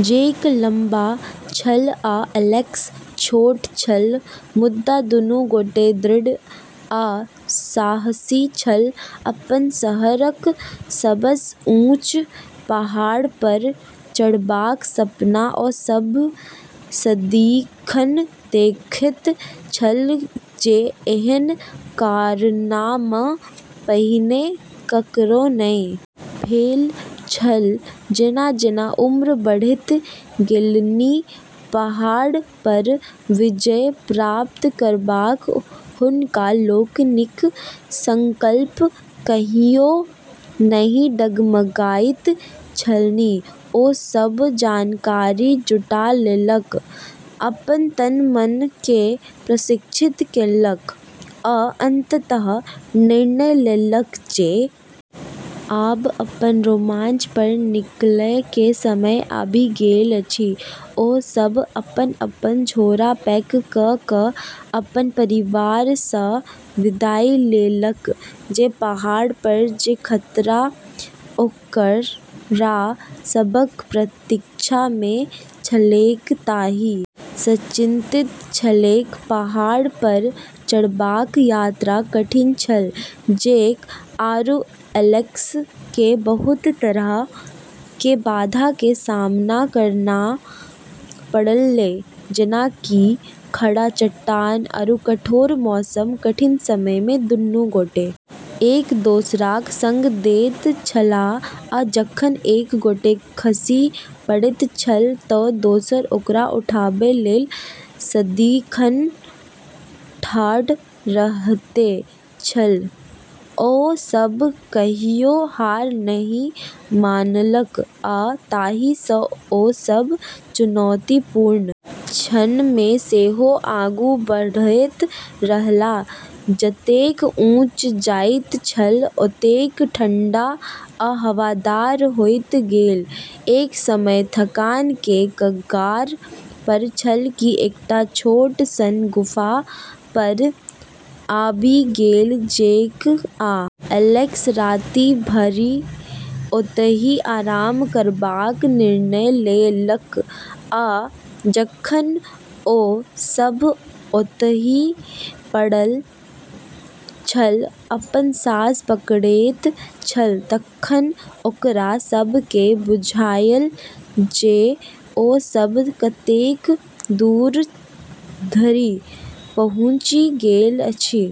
जेक लंबा छल आ एलेक्स छोट छल, मुदा दुनू गोटे दृढ़ आ साहसी छल, अपन शहरक सबसँ ऊँच पहाड़ पर चढ़बाक सपना ओ सभ सदिखन देखैत छल जे एहन कारनामा पहिने ककरो नहि भेल छल जेना-जेना उम्र बढ़ैत गेलनि, पहाड़ पर विजय प्राप्त करबाक हुनका लोकनिक संकल्प कहियो नहि डगमगाइत छलनि ओ सब जानकारी जुटा लेलक, अपन तन-मन के प्रशिक्षित केलक आ अंतत निर्णय लेलक जे आब अपन रोमांच पर निकलय के समय आबि गेल अछि ओ सभ अपन-अपन झोरा पैक क क अपन परिवार सँ विदाई लेलक जे पहाड़ पर जे खतरा ओकरा सभक प्रतीक्षा मे छलैक ताहि सँ चिंतित छलैक, पहाड़ पर चढ़बाक यात्रा कठिन छल, जेक आरू एलेक्स के बहुत तरह के बाधा के सामना करना पड़लै जेना कि खड़ा चट्टान आरू कठोर मौसम, कठिन समय मे दुनू गोटे एक दोसराक संग दैत छलाह आ जखन एक गोटे खसि पड़ैत छल त दोसर ओकरा उठाबय लेल सदिखन ठाढ़ रहैत छल ओ सभ कहियो हार नहि मानलक आ ताहि सँ ओ सभ चुनौतीपूर्ण क्षण मे सेहो आगू बढ़ैत रहलाह, जतेक ऊँच जाइत छल ओतेक ठंढा आ हवादार होइत गेल, एक समय थकान के कगार पर छल कि एकटा छोट सन गुफा पर आबि गेल जेक आ एलेक्स राति भरि ओतहि आराम करबाक निर्णय लेलक आ जखन ओ सभ ओतहि पड़ल छल, अपन साँस पकड़ैत छल तखन ओकरा सभ केँ बुझायल जे ओ सभ कतेक दूर धरि पहुँचि गेल अछि,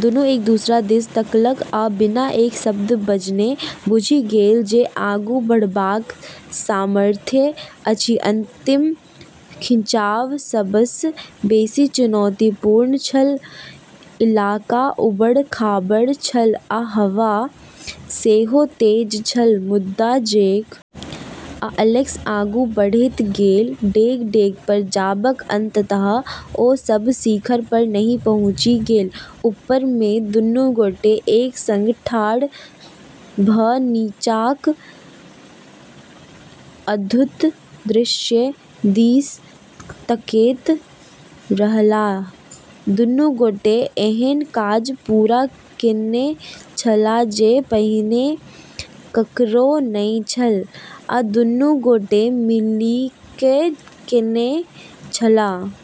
दुनू एक दोसरा दिस तकलक आ बिना एक शब्द बजने बुझि गेल जे आगू बढ़बाक सामर्थ्य अछि, अंतिम खिंचाव सबस बेसी चुनौतीपूर्ण छल, इलाका उबड़-खाबड़ छल आ हवा सेहो तेज छल मुदा जेक आ एलेक्स आगू बढ़ैत गेल, डेग-डेग पर जाबत अंततः ओ सभ शिखर पर नहि पहुँचि गेल ऊपर मे दुनू गोटे एक संग ठाढ़ भ नीचाँक अद्भुत दृश्य दिस तकैत रहलाह, दुनू गोटे एहन काज पूरा केने छलाह जे पहिने ककरो नहि छल आ दुनू गोटे मिलिकय केने छलाह।